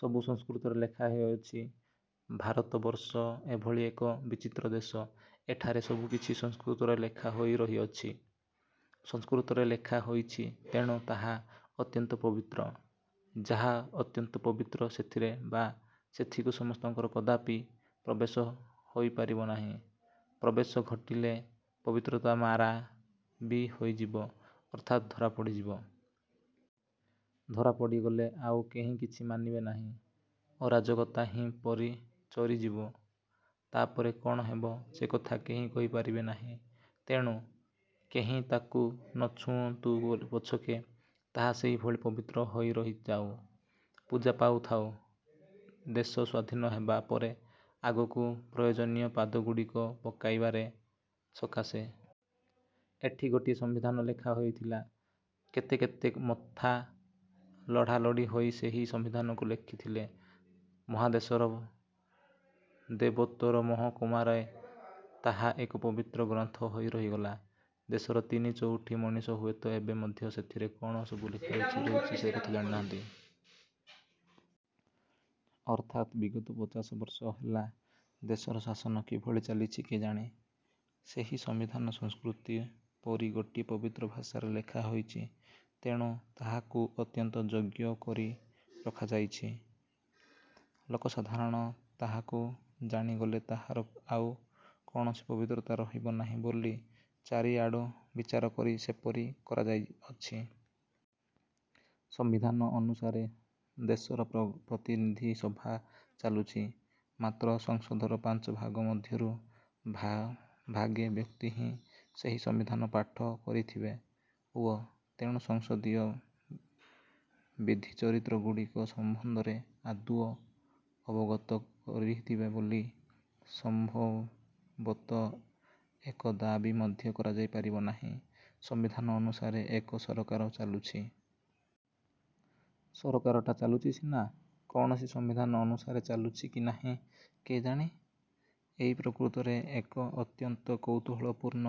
ସବୁ ସଂସ୍କୃତରେ ଲେଖାହେଇଅଛି ଭାରତବର୍ଷ ଏଭଳି ଏକ ବିଚିତ୍ର ଦେଶ, ଏଠାରେ ସବୁକିଛି ସଂସ୍କୃତରେ ଲେଖାହୋଇ ରହିଅଛି। ସଂସ୍କୃତରେ ଲେଖା ହୋଇଛି ତେଣୁ ତାହା ଅତ୍ୟନ୍ତ ପବିତ୍ର। ଯାହା ଅତ୍ୟନ୍ତ ପବିତ୍ର, ସେଥିରେ ବା ସେଥିକୁ ସମସ୍ତଙ୍କର କଦାପି ପ୍ରବେଶ ହୋଇପାରିବ ନାହିଁ। ପ୍ରବେଶ ଘଟିଲେ ପବିତ୍ରତା ମାରା ବି ହୋଇଯିବ ଅର୍ଥାତ୍ ଧରା ପଡ଼ିଯିବ। ଧରା ପଡ଼ିଗଲେ ଆଉ କେହି କିଛି ମାନିବେ ନାହିଁ। ଅରାଜକତା ହିଁ ପରି ଚରିଯିବ। ତାପରେ କଣ ହେବ ସେକଥା କେଁହି କହିପାରିବେ ନାହିଁ। ତେଣୁ, କେହିଁ ତାକୁ ନଛୁଅଁନ୍ତୁ ଗୋଲ୍ ପଛକେ ତାହା ସେହିଭଳି ପବିତ୍ର ହୋଇ ରହିଯାଉ, ପୂଜା ପାଉଥାଉ। ଦେଶ ସ୍ୱାଧୀନ ହେବା ପରେ ଆଗକୁ ପ୍ରୟୋଜନୀୟ ପାଦଗୁଡ଼ିକ ପକାଇପାରିବାରେ ସକାଶେ। ଏଠି ଗୋଟିଏ ସମ୍ବିଧାନ ଲେଖା ହୋଇଥିଲା। କେତେ କେତେ ମଥା ଲଢ଼ାଲଢ଼ି ହୋଇ ସେହି ସମ୍ବିଧାନକୁ ଲେଖିଥଲେ। ମହାଦେଶର ଦେବୋତ୍ତର ମହକୁମାରେ ତାହା ଏକ ପବିତ୍ର ଗ୍ରନ୍ଥ ହୋଇ ରହିଗଲା। ଦେଶର ତିନି ଚଉଠି ମଣିଷ ହୁଏତ ଏବେ ମଧ୍ୟ ସେଥରେ କଣ ସବୁ ଲେଖା ହୋଇଛି ରହିଛି ସେକଥା ଜାଣିନାହାନ୍ତି। ଅର୍ଥାତ୍ ବିଗତ ପଚାଶବର୍ଷ ହେଲା ଦେଶର ଶାସନ କିଭଳି ଚାଲିଛି କେଜାଣି? ସେହି ସମ୍ବିଧାନ ସଂସ୍କୃତି ପରି ଗୋଟିଏ ପବିତ୍ର ଭାଷାର ଲେଖା ହୋଇଛି। ତେଣୁ, ତାହାକୁ ଅତ୍ୟନ୍ତ ଯୋଗ୍ୟ କରି ରଖାଯାଇଛି। ଲୋକସାଧାରଣ ତାହାକୁ ଜାଣିଗଲେ ତାହାର ଆଉ କୌଣସି ପବିତ୍ରତା ରହିବ ନାହିଁ ବୋଲି ଚାରିଆଡ଼ୁ ବିଚାର କରି ସେପରି କରାଯାଇଅଛି। ସମ୍ବିଧାନ ଅନୁସାରେ ଦେଶର ପ୍ର ପ୍ରତିନିଧି ସଭା ଚାଲୁଛି। ମାତ୍ର ସଂସଦର ପାଞ୍ଚଭାଗ ମଧ୍ୟରୁ ଭା ଭାଗେ ବ୍ୟକ୍ତି ହିଁ ସେହି ସମ୍ବିଧାନ ପାଠ କରିଥିବେ ଉଅ ତେଣୁ ସଂସଦୀୟ ବିଧିଚରିତ୍ରଗୁଡ଼ିକ ସମ୍ବନ୍ଧରେ ଆଦୌ ଅବଗତ କରିଥିବେ ବୋଲି ସମ୍ଭବତଃ ଏକ ଦାବି ମଧ୍ୟ କରାଯାଇ ପାରିବନାହିଁ। ସମ୍ବିଧାନ ଅନୁସାରେ ଏକ ସରକାର ଚାଲୁଛି। ସରକାରଟା ଚାଲୁଛି ସିନା, କୌଣସି ସମ୍ବିଧାନ ଅନୁସାରେ ଚାଲୁଛି କି ନାହିଁ କେଜାଣି? ଇଏ ପ୍ରକୃତରେ ଏକ ଅତ୍ୟନ୍ତ କୌତୁହଳପୂର୍ଣ୍ଣ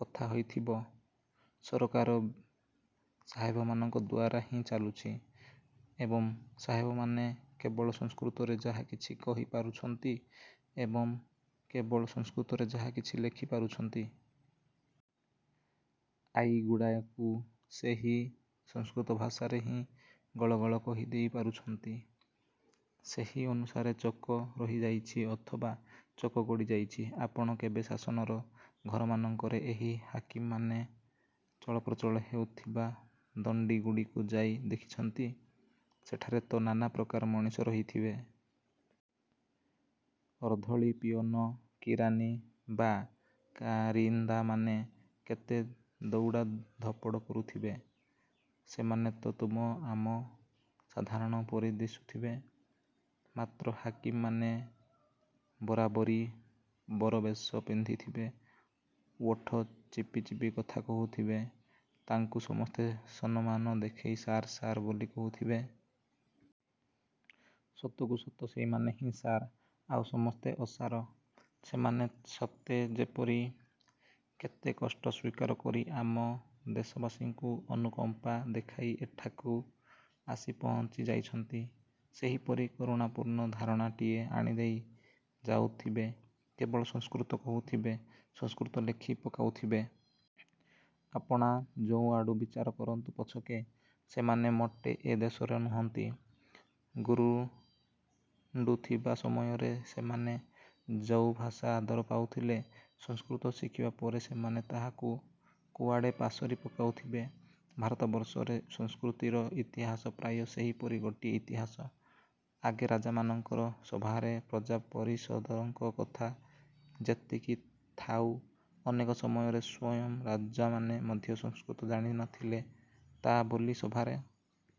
କଥା ହୋଇଥିବ। ସରକାର ସାହେବମାନଙ୍କ ଦ୍ୱାରା ହିଁ ଚାଲୁଛି। ଏବଂ ସାହେବମାନେ କେବଳ ସଂସ୍କୃତରେ ଯାହାକିଛି କହି ପାରୁଛନ୍ତି ଏବଂ କେବଳ ସଂସ୍କୃତରେ ଯାହାକିଛି ଲେଖି ପାରୁଛନ୍ତି। ଆଇଗୁଡ଼ାୟକୁ ସେହି ସଂସ୍କୃତ ଭାଷାରେ ହିଁ ଗଳ ଗଳ କହିଦେଇ ପାରୁଛନ୍ତି। ସେହି ଅନୁସାରେ ଚକ ରହିଯାଇଛି ଅଥବା ଚକ ଗଡ଼ିଯାଇଛି। ଆପଣ କେବେ ଶାସନର ଘରମାନଙ୍କରେ ଏହି ହାକିମମାନେ ଚଳପ୍ରଚଳ ହେଉଥିବା ଦଣ୍ଡିଗୁଡ଼ିକୁ ଯାଇ ଦେଖିଛନ୍ତି? ସେଠାରେ ତ ନାନା ପ୍ରକାର ମଣିଷ ରହିଥିବେ। ଅର୍ଦ୍ଦଳି, ପିଅନ, କିରାନି ବା କାରିନ୍ଦାମାନେ କେତେ ଦଉଡ଼ା ଧପଡ଼ କରୁଥିବେ। ସେମାନେ ତ ତୁମ ଆମ ସାଧାରଣ ପରି ଦିଶୁଥବେ, ମାତ୍ର ହାକିମ ମାନେ ବରାବରି ବରବେଶ ପିନ୍ଧିଥିବେ, ଓଠ ଚିପି ଚିପି କଥା କହୁଥିବେ। ତାଙ୍କୁ ସମସ୍ତେ ସନମାନ ଦେଖେଇ ସାର୍ ସାର୍ ବୋଲି କହୁଥିବେ। ସତକୁ ସତ ସେଇମାନେ ହିଁ ସାର, ଆଉ ସମସ୍ତେ ଅସାର। ସେମାନେ ସତେ ଯେପରି କେତେ କଷ୍ଟ ସ୍ୱୀକାର କରି ଆମ ଦେଶବାସୀଙ୍କୁ ଅନୁକମ୍ପା ଦେଖାଇ ଏଠାକୁ ଆସି ପହଞ୍ଚି ଯାଇଛନ୍ତି, ସେହିପରି କାରୁଣାପୂର୍ଣ୍ଣ ଧାରଣାଟିଏ ଆଣିଦେଇ ଯାଉଥିବେ। କେବଳ ସଂସ୍କୃତ କହୁଥିବେ, ସଂସ୍କୃତ ଲେଖି ପକାଉଥିବେ। ଆପଣ ଯୋଉଆଡ଼ୁ ବିଚାର କରନ୍ତୁ ପଛକେ, ସେମାନେ ମୋଟେ ଏ ଦେଶର ନୁହନ୍ତି। ଗୁରୁଣ୍ଡୁଥିବା ସମୟରେ ସେମାନେ ଯୋଉ ଭାଷା ଆଦର ପାଉଥିଲେ, ସଂସ୍କୃତ ଶିଖିବା ପରେ ସେମାନେ ତାହାକୁ କୁଆଡ଼େ ପାସୋରି ପକାଉଥିବେ। ଭାରତବର୍ଷରେ ସଂସ୍କୃତିର ଇତିହାସ ପ୍ରାୟ ସେହିପରି ଗୋଟିଏ ଇତିହାସ। ଆଗେ ରାଜାମାନଙ୍କର ସଭାରେ ପ୍ରଜା ପରିଷଦଙ୍କ କଥା ଯେତିକି ଥାଉ, ଅନେକ ସମୟରେ ସ୍ୱୟଂ ରାଜାମାନେ ମଧ୍ୟ ସଂସ୍କୃତ ଜାଣିନଥିଲେ। ତା ବୋଲି ସଭାରେ